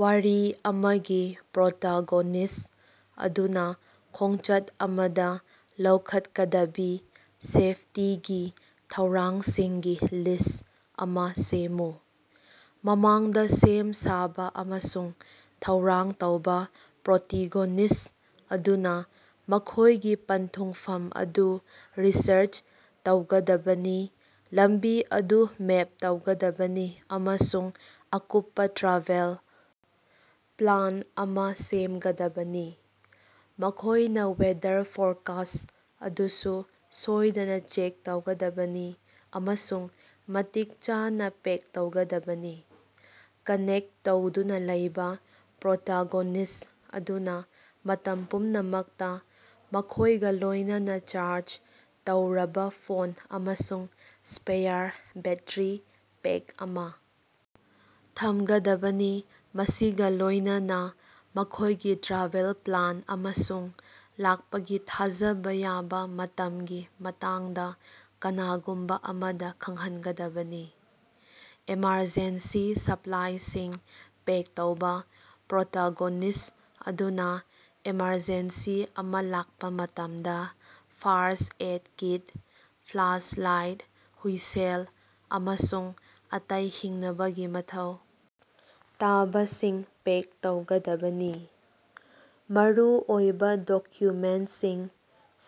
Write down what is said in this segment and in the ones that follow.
ꯋꯥꯔꯤ ꯑꯃꯒꯤ ꯄ꯭ꯔꯣꯇꯥꯒꯣꯅꯤꯁ꯭ꯠ ꯑꯗꯨꯅ ꯈꯣꯡꯆꯠ ꯑꯃꯗ ꯂꯧꯈꯠꯀꯗꯕꯤ ꯁꯦꯐꯇꯤꯒꯤ ꯊꯧꯔꯥꯡꯁꯤꯡꯒꯤ ꯂꯤꯁ꯭ꯠ ꯑꯃ ꯁꯦꯝꯃꯨ꯫ ꯃꯃꯥꯡꯗ ꯁꯦꯝ ꯁꯥꯕ‌ ꯑꯃꯁꯨꯡ ꯊꯧꯔꯥꯡ ꯇꯧꯕ - ꯄ꯭ꯔꯣꯇꯤꯒꯣꯅꯤꯁ꯭ꯠ ꯑꯗꯨꯅ ꯃꯈꯣꯏꯒꯤ ꯄꯟꯊꯨꯡꯐꯝ ꯑꯗꯨ ꯔꯤꯁꯔꯆ ꯇꯧꯒꯗꯕꯅꯤ, ꯂꯝꯕꯤ ꯑꯗꯨ ꯃꯦꯞ ꯇꯧꯒꯗꯕꯅꯤ ꯑꯃꯁꯨꯡ ꯑꯀꯨꯞꯄ ꯇ꯭ꯔꯥꯚꯦꯜ ꯄ꯭ꯂꯥꯟ ꯑꯃ ꯁꯦꯝꯒꯗꯕꯅꯤ꯫ ꯃꯈꯣꯏꯅ ꯋꯦꯗꯔ ꯐꯣꯔꯀꯥꯁ꯭ꯠ ꯑꯗꯨꯁꯨ ꯁꯣꯏꯗꯅꯥ ꯆꯦꯛ ꯇꯧꯒꯗꯕꯅꯤ ꯑꯃꯁꯨꯡ ꯃꯇꯤꯛ ꯆꯥꯅ ꯄꯦꯛ ꯇꯧꯒꯗꯕꯅꯤ꯫ ꯀꯥꯅꯦ꯭ꯛꯇ ꯇꯧꯗꯨꯅ ꯂꯩꯕ‌ - ꯄ꯭ꯔꯣꯇꯥꯒꯣꯅꯤꯁ꯭ꯠ ꯑꯗꯨꯅ ꯃꯇꯝ ꯄꯨꯝꯅꯃꯛꯇ ꯃꯈꯣꯏꯒ ꯂꯣꯏꯅꯅꯥ ꯆꯥꯔꯖ ꯇꯧꯔꯕ ꯐꯣꯟ ꯑꯃꯁꯨꯡ ꯁ꯭ꯄꯦꯌꯥꯔ ꯕꯦꯠꯇ꯭ꯔꯤ ꯄꯦꯛ ꯑꯃ ꯊꯝꯒꯗꯕꯅꯤ, ꯃꯁꯤꯒ ꯂꯣꯏꯅꯅꯥ ꯃꯈꯣꯏꯒꯤ ꯇ꯭ꯔꯥꯚꯦꯜ ꯄ꯭ꯂꯥꯟ ꯑꯃꯁꯨꯡ ꯂꯥꯛꯄꯒꯤ ꯊꯥꯖꯕꯥ ꯌꯥꯕ ꯃꯇꯝꯒꯤ ꯃꯇꯥꯡꯗ ꯀꯅꯥꯒꯨꯝꯕ ꯑꯃꯗ ꯈꯪꯍꯟꯒꯗꯕꯅꯤ꯫ ꯑꯦꯃꯔꯖꯦꯟꯁꯤ ꯁꯄ꯭ꯂꯥꯏꯁꯤꯡ ꯄꯦꯛ ꯇꯧꯕ- ꯄ꯭ꯔꯣꯇꯥꯒꯣꯅꯤꯁ꯭ꯠ ꯑꯗꯨꯅ ꯑꯦꯃꯔꯖꯦꯟꯁꯤ ꯑꯃ ꯂꯥꯛꯄ ꯃꯇꯝꯗ ꯐꯥꯔꯁ꯭ꯠ-ꯑꯦꯗ ꯀꯤꯠ, ꯐ꯭ꯂꯥꯁꯂꯥꯏꯠ, ꯍꯨꯏꯁꯜ, ꯑꯃꯁꯨꯡ ꯑꯇꯩ ꯍꯤꯡꯅꯕꯒꯤ ꯃꯊꯧ ꯇꯥꯕꯁꯤꯡ ꯄꯦꯛ ꯇꯧꯒꯗꯕꯅꯤ꯫ ꯃꯔꯨꯑꯣꯏꯕ ꯗꯣꯀ꯭ꯌꯨꯃꯦꯟꯇꯁꯤꯡ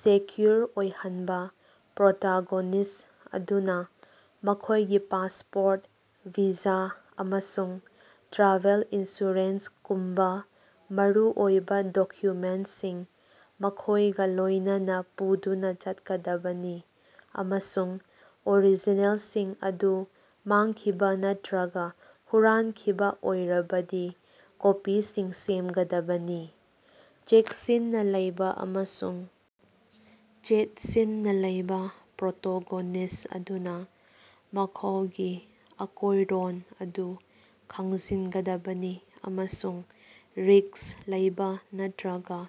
ꯁꯦꯀ꯭ꯌꯨꯔ ꯑꯣꯏꯍꯟꯕ- ꯄ꯭ꯔꯣꯇꯥꯒꯣꯅꯤꯁ꯭ꯠ ꯑꯗꯨꯅ ꯃꯈꯣꯏꯒꯤ ꯄꯥꯁꯄꯣꯔꯠ, ꯚꯤꯖꯥ, ꯑꯃꯁꯨꯡ ꯇ꯭ꯔꯥꯚꯦꯜ ꯏꯟꯁꯨꯔꯦꯟꯁꯀꯨꯝꯕ ꯃꯔꯨꯑꯣꯏꯕ ꯗꯣꯀ꯭ꯌꯨꯃꯦꯟꯇꯁꯤꯡ ꯃꯈꯣꯏꯒ ꯂꯣꯏꯅꯅꯥ ꯄꯨꯗꯨꯅ ꯆꯠꯀꯗꯕꯅꯤ, ꯑꯃꯁꯨꯡ ꯑꯣꯔꯤꯖꯤꯅꯦꯜꯁꯤꯡ ꯑꯗꯨ ꯃꯥꯡꯈꯤꯕ ꯅꯠꯇꯔꯒ ꯍꯨꯔꯥꯟꯈꯤꯕ ꯑꯣꯏꯔꯕꯗꯤ ꯀꯣꯄꯤꯁꯤꯡ ꯁꯦꯝꯒꯗꯕꯅꯤ꯫ ꯆꯦꯛꯁꯤꯟꯅ ꯂꯩꯕ ꯑꯃꯁꯨꯡ ꯆꯦꯠꯁꯤꯟꯅ ꯂꯩꯕ - ꯄ꯭ꯔꯣꯇꯣꯒꯣꯅꯤꯁ꯭ꯠ ꯑꯗꯨꯅ ꯃꯈꯣꯎꯒꯤ ꯑꯀꯣꯏꯔꯣꯟ ꯑꯗꯨ ꯈꯪꯖꯤꯟꯒꯗꯕꯅꯤ ꯑꯃꯁꯨꯡ ꯔꯤꯁ꯭ꯛ ꯂꯩꯕ ꯅꯠꯇꯔꯒ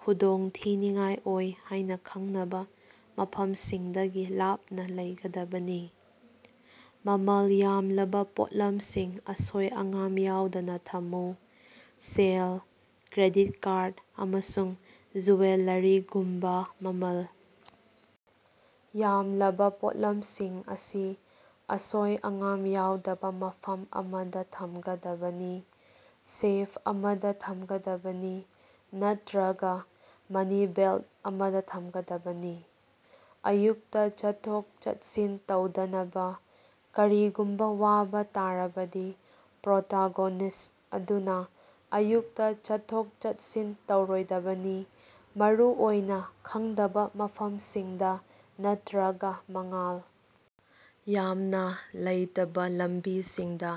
ꯈꯨꯗꯣꯡꯊꯤꯅꯤꯉꯥꯏ ꯑꯣꯏ ꯍꯥꯏꯅ ꯈꯪꯅꯕ ꯃꯐꯝꯁꯤꯡꯗꯒꯤ ꯂꯥꯞꯅ ꯂꯩꯒꯗꯕꯅꯤ꯫ ꯃꯃꯜ ꯌꯥꯝꯂꯕꯥ ꯄꯣꯠꯂꯝꯁꯤꯡ ꯑꯁꯣꯏ-ꯑꯉꯥꯝ ꯌꯥꯎꯗꯅꯥ ꯊꯝꯃꯨ - ꯁꯦꯜ, ꯀ꯭ꯔꯦꯗꯤꯠ ꯀꯥꯔꯗ, ꯑꯃꯁꯨꯡ ꯖꯨꯋꯦꯂꯔꯤꯒꯨꯝꯕ ꯃꯃꯜ ꯌꯥꯝꯂꯕꯥ ꯄꯣꯠꯂꯝꯁꯤꯡ ꯑꯁꯤ ꯑꯁꯣꯏ-ꯑꯉꯥꯝ ꯌꯥꯎꯗꯕꯥ ꯃꯐꯝ ꯑꯃꯗ ꯊꯝꯒꯗꯕꯅꯤ, ꯁꯦꯐ ꯑꯃꯗ ꯊꯝꯒꯗꯕꯅꯤ ꯅꯠꯇꯔꯒ ꯃꯅꯤ ꯕꯦꯜꯇ ꯑꯃꯗ ꯊꯝꯒꯗꯕꯅꯤ꯫ ꯑꯌꯨꯛꯇ ꯆꯠꯊꯣꯛ-ꯆꯠꯁꯤꯟ ꯇꯧꯗꯅꯕꯥ - ꯀꯔꯤꯒꯨꯝꯕ ꯋꯥꯕ ꯇꯥꯔꯕꯗꯤ, ꯄ꯭ꯔꯣꯇꯥꯒꯣꯅꯤꯁ꯭ꯠ ꯑꯗꯨꯅ ꯑꯌꯨꯛꯇ ꯆꯠꯊꯣꯛ-ꯆꯠꯁꯤꯟ ꯇꯧꯔꯣꯏꯗꯕꯅꯤ, ꯃꯔꯨꯑꯣꯏꯅ ꯈꯪꯗꯕ ꯃꯐꯝꯁꯤꯡꯗ ꯅꯠꯇꯔꯒ ꯃꯉꯥꯜ ꯌꯥꯝꯅ ꯂꯩꯇꯕꯥ ꯂꯝꯕꯤꯁꯤꯡꯗ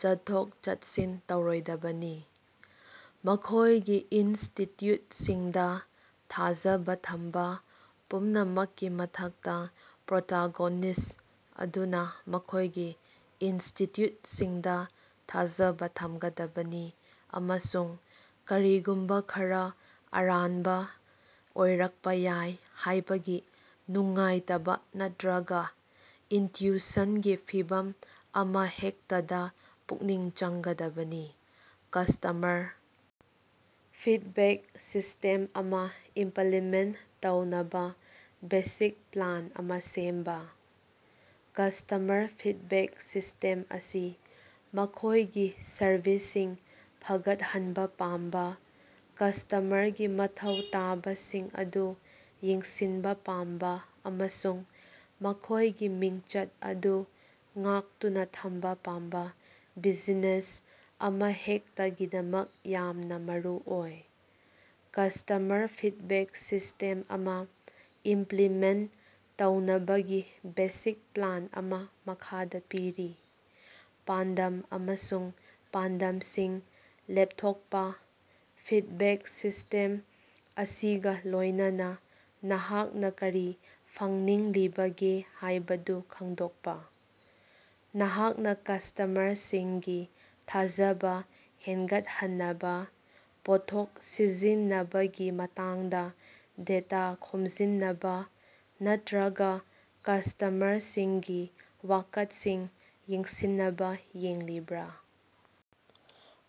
ꯆꯠꯊꯣꯛ-ꯆꯠꯁꯤꯟ ꯇꯧꯔꯣꯏꯗꯕꯅꯤ꯫ ꯃꯈꯣꯏꯒꯤ ꯏꯟꯁꯇꯤꯇ꯭ꯌꯨꯠꯁꯤꯡꯗ ꯊꯥꯖꯕꯥ ꯊꯝꯕ - ꯄꯨꯝꯅꯃꯛꯀꯤ ꯃꯊꯛꯇ, ꯄ꯭ꯔꯣꯇꯥꯒꯣꯅꯤꯁ꯭ꯠ ꯑꯗꯨꯅ ꯃꯈꯣꯏꯒꯤ ꯏꯟꯁ꯭ꯇꯤꯇ꯭ꯌꯨꯠꯁꯤꯡꯗ ꯊꯥꯖꯕ ꯊꯝꯒꯗꯕꯅꯤ ꯑꯃꯁꯨꯡ ꯀꯔꯤꯒꯨꯝꯕ ꯈꯔꯥ ꯑꯔꯥꯟꯕ ꯑꯣꯏꯔꯛꯄ ꯌꯥꯏ ꯍꯥꯏꯕꯒꯤ ꯅꯨꯡꯉꯥꯏꯇꯕꯥ ꯅꯠꯇꯔꯒ ꯏꯟꯇ꯭ꯌꯨꯏꯁꯟꯒꯤ ꯐꯤꯚꯝ ꯑꯃꯍꯦꯛꯇꯗꯥ ꯄꯨꯛꯅꯤꯡ ꯆꯪꯒꯗꯕꯅꯤ꯫ ꯀꯁ꯭ꯇꯃꯔ ꯐꯤꯗꯕꯦꯛ ꯁꯤꯁꯇꯦꯝ ꯑꯃ ꯏꯝꯄꯂꯤꯃꯦꯟꯇ ꯇꯧꯅꯕ ꯕꯦꯁꯤꯛ ꯄ꯭ꯂꯥꯟ ꯑꯃ ꯁꯦꯝꯕ꯫ ꯀꯁ꯭ꯇꯃꯔ ꯐꯤꯗꯕꯦꯛ ꯁꯤꯁꯇꯦꯝ ꯑꯁꯤ ꯃꯈꯣꯏꯒꯤ ꯁꯔꯚꯤꯁꯁꯤꯡ ꯐꯒꯠꯍꯟꯕ ꯄꯥꯝꯕ, ꯀꯁ꯭ꯇꯃꯔꯒꯤ ꯃꯊꯧ ꯇꯥꯕꯁꯤꯡ ꯑꯗꯨ ꯌꯦꯡꯁꯤꯟꯕ ꯄꯥꯝꯕ ꯑꯃꯁꯨꯡ ꯃꯈꯣꯏꯒꯤ ꯃꯤꯡꯆꯠ ꯑꯗꯨ ꯉꯥꯛꯇꯨꯅ ꯊꯝꯕ ꯄꯥꯝꯕ ꯕꯤꯖꯤꯅꯦꯁ ꯑꯃꯍꯦꯛꯇꯒꯤꯗꯃꯛ ꯌꯥꯝꯅ ꯃꯔꯨꯑꯣꯏ꯫ ꯀꯁ꯭ꯇꯃꯔ ꯐꯤꯗꯕꯦꯛ ꯁꯤꯁꯇꯦꯝ ꯑꯃ ꯏꯝꯄ꯭ꯂꯤꯃꯦꯟꯇ ꯇꯧꯅꯕꯒꯤ ꯕꯦꯁꯤꯛ ꯄ꯭ꯂꯥꯟ ꯑꯃ ꯃꯈꯥꯗ ꯄꯤꯔꯤ -ꯄꯥꯟꯗꯝ ꯑꯃꯁꯨꯡ ꯄꯥꯟꯗꯝꯁꯤꯡ ꯂꯦꯞꯊꯣꯛꯄ - ꯐꯤꯗꯕꯦꯛ ꯁꯤꯁꯇꯦꯝ ꯑꯁꯤꯒ ꯂꯣꯏꯅꯅꯥ ꯅꯍꯥꯛꯅꯥꫪ ꯀꯔꯤ ꯐꯪꯅꯤꯡꯂꯤꯕꯒꯦ ꯍꯥꯏꯕꯗꯨ ꯈꯪꯗꯣꯛꯄ꯫ ꯅꯍꯥꯛꯅ ꯀꯁ꯭ꯇꯃꯔꯁꯤꯡꯒꯤ ꯊꯥꯖꯕ ꯍꯦꯟꯒꯠꯍꯟꯅꯕ, ꯄꯣꯠꯊꯣꯛ ꯁꯤꯖꯤꯟꯅꯕꯒꯤ ꯃꯇꯥꯡꯗ ꯗꯦꯇꯥ ꯈꯣꯝꯖꯤꯟꯅꯕꯥ, ꯅꯠꯇꯔꯒ ꯀꯁ꯭ꯇꯃꯔꯁꯤꯡꯒꯤ ꯋꯥꯀꯠꯁꯤꯡ ꯌꯦꯡꯁꯤꯟꯅꯕ ꯌꯦꯡꯂꯤꯕ꯭ꯔꯥ?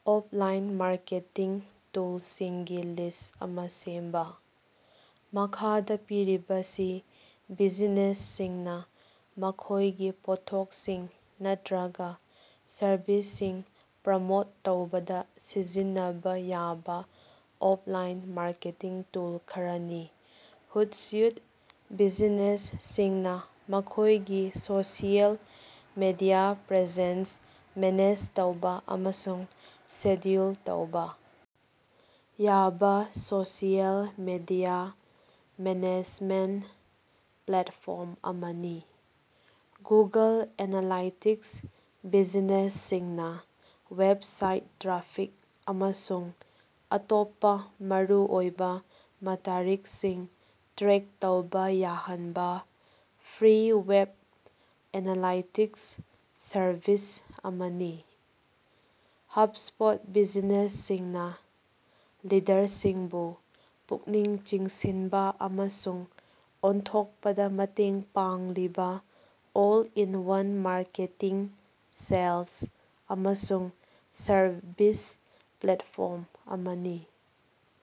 ꯑꯣꯞꯂꯥꯏꯟ ꯃꯥꯔꯀꯦꯇꯤꯡ ꯇꯨꯜꯁꯤꯡꯒꯤ ꯂꯤꯁ꯭ꯠ ꯑꯃ ꯁꯦꯝꯕ꯫ ꯃꯈꯥꯗ ꯄꯤꯔꯤꯕꯁꯤ ꯕꯤꯖꯤꯅꯦꯁꯁꯤꯡꯅ ꯃꯈꯣꯏꯒꯤ ꯄꯣꯠꯊꯣꯛꯁꯤꯡ ꯅꯠꯇꯔꯒ ꯁꯔꯚꯤꯁꯁꯤꯡ ꯄ꯭ꯔꯃꯣꯠ ꯇꯧꯕꯗ ꯁꯤꯖꯤꯟꯅꯕꯥ ꯌꯥꯕ ꯑꯣꯞꯂꯥꯏꯟ ꯃꯥꯔꯀꯦꯇꯤꯡ ꯇꯨꯜ ꯈꯔꯥꯅꯤ, ꯍꯨꯠꯁꯨꯏꯠ - ꯕꯤꯖꯤꯅꯦꯁꯁꯤꯡꯅ ꯃꯈꯣꯏꯒꯤ ꯁꯣꯁꯤꯑꯦꯜ ꯃꯤꯗꯤꯌꯥ ꯄ꯭ꯔꯦꯖꯦꯟꯁ ꯃꯦꯅꯦꯖ ꯇꯧꯕ ꯑꯃꯁꯨꯡ ꯁꯦꯗ꯭ꯌꯨꯜ ꯇꯧꯕ ꯌꯥꯕ ꯁꯣꯁꯤꯑꯦꯜ ꯃꯤꯗꯤꯌꯥ ꯃꯦꯅꯦꯖꯃꯦꯟꯇ ꯄ꯭ꯂꯦꯠꯐꯣ꯭ꯔꯝ ꯑꯃꯅꯤ꯫ ꯒꯨꯒꯜ ꯑꯦꯅꯥꯂꯥꯏꯇꯤꯛꯁ -ꯕꯤꯖꯤꯅꯦꯁꯁꯤꯡꯅ ꯋꯦꯕꯁꯥꯏꯠ ꯇ꯭ꯔꯥꯐꯤꯛ ꯑꯃꯁꯨꯡ ꯑꯇꯣꯞꯄ ꯃꯔꯨꯑꯣꯏꯕ ꯃꯇꯔꯤꯛꯁꯤꯡ ꯇ꯭ꯔꯦꯛ ꯇꯧꯕ ꯌꯥꯍꯟꯕ ꯐ꯭ꯔꯤ ꯋꯦꯕ ꯑꯦꯅꯥꯂꯥꯏꯇꯤꯛꯁ ꯁꯔꯚꯤꯁ ꯑꯃꯅꯤ꯫ ꯍꯕꯁ꯭ꯄꯣꯠ - ꯕꯤꯖꯤꯅꯦꯁꯁꯤꯡꯅ ꯂꯤꯗꯔꯁꯤꯡꯕꯨ ꯄꯨꯛꯅꯤꯡ ꯆꯤꯡꯁꯤꯟꯕ ꯑꯃꯁꯨꯡ ꯑꯣꯟꯊꯣꯛꯄꯗ ꯃꯇꯦꯡ ꯄꯥꯡꯂꯤꯕ ꯑꯣꯜ-ꯏꯟ-ꯋꯥꯟ ꯃꯥꯔꯀꯦꯇꯤꯡ, ꯁꯦꯜꯁ, ꯑꯃꯁꯨꯡ ꯁꯔꯕꯤꯁ ꯄ꯭ꯂꯦꯠꯐꯣꯔꯝ ꯑꯃꯅꯤ꯫